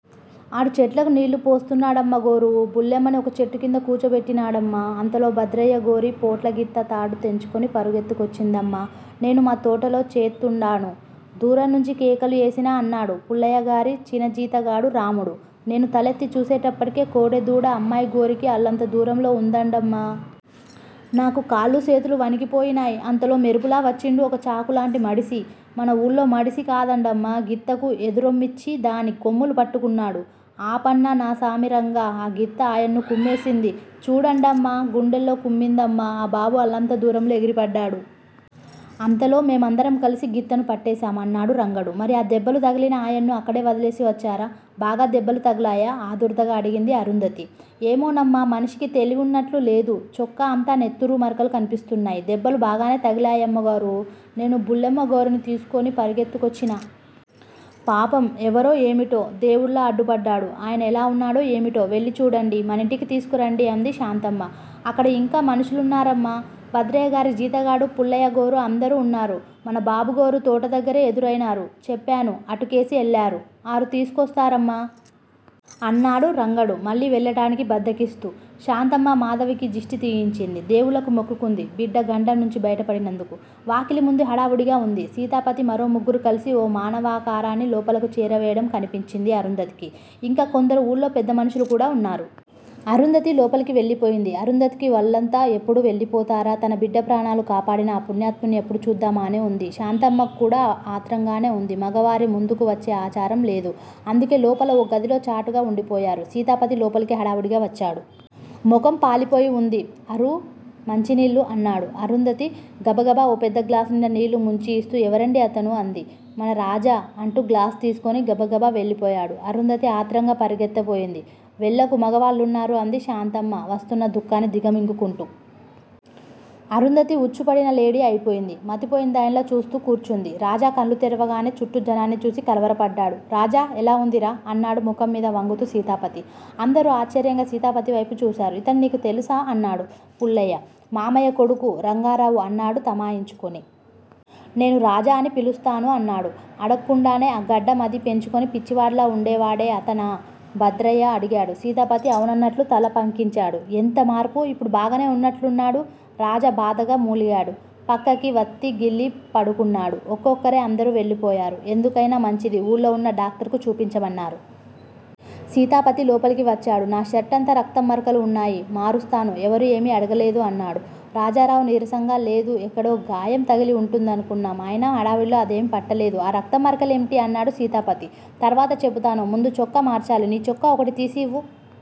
ఆడు చెట్లకు నీళ్ళు పోస్తున్నాడమ్మగోరూ! బుల్లెమ్మని ఒక చెట్టుకింద కూచోబెట్టినాడమ్మ. అంతలో భద్రయ్యగోరి పోట్లగిత్త తాడు తెంచుకొని పరుగెత్తుకొచ్చిందమ్మ. నేను మా తోటలో చేత్తుండాను. దూరాన్నుంచి కేకలు ఏసినా అన్నాడు పుల్లయ్యగారి చిన జీతగాడు రాముడు. నేను తలెత్తి చూసేటప్పటికే కోడెదూడ అమ్మాయిగోరికి అల్లంత దూరంలో ఉందండమ్మా! నాకు కాళ్ళు సేతులు వణికిపోయినాయ్. అంతలో మెరుపులా వచ్చిండు ఒక చాకులాంటి మడిసి. మన వూళ్ళో మడిసి కాదండమ్మా! గిత్తకు ఎదుర్రొమ్మిచ్చి దాని కొమ్ములు పట్టుకున్నాడు. ఆపన్న నాసామి రంగా ఆ గిత్త ఆయన్ను కుమ్మేసింది. చూడండమ్మా! గుండెల్లో కుమ్మిందమ్మా! ఆ బాబు అల్లంత దూరంలో ఎగిరి పడ్డాడు. అంతలో మేమందరం కలిసి గిత్తను పట్టేశాం అన్నాడు రంగడు. మరి ఆ దెబ్బలు తగిలిన ఆయన్ను అక్కడే వదిలేసి వచ్చారా? బాగా దెబ్బలు తగిలాయా? ఆదుర్దాగా అడిగింది అరుంధతి. ఏమోనమ్మా మనిషికి తెలివున్నట్టులేదు. చొక్కా అంతా నెత్తురు మరకలు కనిపిస్తున్నాయి. దెబ్బలు బాగానే తగిలాయమ్మగోరూ! నేను బుల్లెమ్మగోరిని తీసుకొని పరుగెత్తుకొచ్చినా. పాపం! ఎవరో ఏమిటో! దేవుడులా అడ్డుపడ్డాడు. ఆయన ఎలా ఉన్నాడో ఏమిటో వెళ్ళి చూడండి. మనింటికి తీసుకురండి అంది శాంతమ్మ. అక్కడ ఇంకా మనుషులున్నారమ్మా! భద్రయ్యగారి జీతగాడూ పుల్లయ్యగోరూ అందరూ ఉన్నారు. మన బాబుగోరు తోట దగ్గరే ఎదురయినారు. చెప్పాను. అటుకేసి ఎల్లారు, ఆరు తీసుకొస్తారమ్మా! అన్నాడు రంగడు మళ్ళీ వెళ్ళటానికి బద్ధకిస్తూ. శాంతమ్మ మాధవికి దిష్టి తీయించింది. దేవుళ్ళకు మొక్కుకుంది బిడ్డ గండం గడిచి బయటపడినందుకు. వాకిలిముందు హడావిడిగా ఉంది. సీతాపతీ మరో ముగ్గురు కలిసి ఓ మానవాకారాన్ని లోపలకు చేరవేయటం కనిపించింది అరుంధతికి. ఇంకా కొందరు ఊళ్ళో పెద్దమనుషులు కూడా ఉన్నారు. అరుంధతి లోపలకు వెళ్ళిపోయింది. అరుంధతికి వాళ్ళంతా ఎప్పుడు వెళ్ళిపోతారా, తన బిడ్డ ప్రాణాలు కాపాడిన ఆ పుణ్యాత్ముణ్ణి ఎప్పుడు చూద్దామా అని ఉంది. శాంతమ్మకుకూడా ఆత్రంగానే ఉంది. మగవారి ముందుకు వచ్చే ఆచారం లేదు. అందుకే లోపల ఓ గదిలో చాటుగా ఉండిపోయారు. సీతాపతి లోపలకు హడావిడిగా వచ్చాడు. ముఖం పాలిపోయివుంది. అరూ! మంచినీళ్ళు! అన్నాడు. అరుంధతి గబగబా ఓ పెద్ద గ్లాసునిండా నీళ్ళు ముంచి ఇస్తూ ఎవరండీ అతను? అంది. మన రాజా! అంటూ గ్లాసు తీసుకొని గబగబా వెళ్ళిపోయాడు. అరుంధతి ఆత్రంగా పరుగెత్తబోయింది. వెళ్ళకు మగవాళ్ళున్నారు అంది శాంతమ్మ వస్తున్న దుఃఖాన్ని దిగమింగుకుంటూ. అరుంధతి ఉచ్చుపడిన లేడి అయిపోయింది. మతిపోయినదానిలా చూస్తూ కూర్చుంది. రాజా కళ్ళు తెరవగానే చుట్టూ జనాన్ని చూసి కలవరపడ్డాడు. రాజా! ఎలా ఉందిరా? అన్నాడు ముఖంమీద వంగుతూ సీతాపతి. అందరూ ఆశ్చర్యంగా సీతాపతివైపు చూశారు. ఇతను నీకు తెలుసా? అన్నాడు పుల్లయ్య. మామయ్య కొడుకు, రంగారావు అన్నాడు తమాయించుకొని. నేను రాజా అని పిలుస్తాను అన్నాడు అడక్కుండానే. ఆ గడ్డం అదీ పెంచుకొని, పిచ్చివాడిలా వుండేవాడే అతనా? భద్రయ్య అడిగాడు. సీతాపతి ఔనన్నట్టు తల పంకించాడు. ఎంతమార్పు? ఇప్పుడు బాగానే వున్నట్లున్నాడు. రాజా బాధగా మూలిగాడు. పక్కకి వత్తిగిలి పడుకున్నాడు. ఒక్కొక్కరే అందరూ వెళ్ళిపోయారు. ఎందుకయినా మంచిది, ఊళ్ళోవున్న డాక్టరుకు చూపించమన్నారు. సీతాపతి లోపలకు వచ్చాడు. నా షర్టంతా రక్తం మరకలు వున్నాయి. మారుస్తాను. ఎవరూ ఏమీ అడగలేదూ? అన్నాడు రాజారావు నీరసంగా. లేదు, ఎక్కడో గాయం తగిలి వుంటుందనుకున్నాం. అయినా హడావిడిలో అదేమీ పట్టలేదు. ఆ రక్తంమరకలేమిటి? అన్నాడు సీతాపతి. తరువాత చెబుతాను. ముందు చొక్కా మార్చాలి. నీ చొక్కా ఒకటి తీసి ఇవ్వు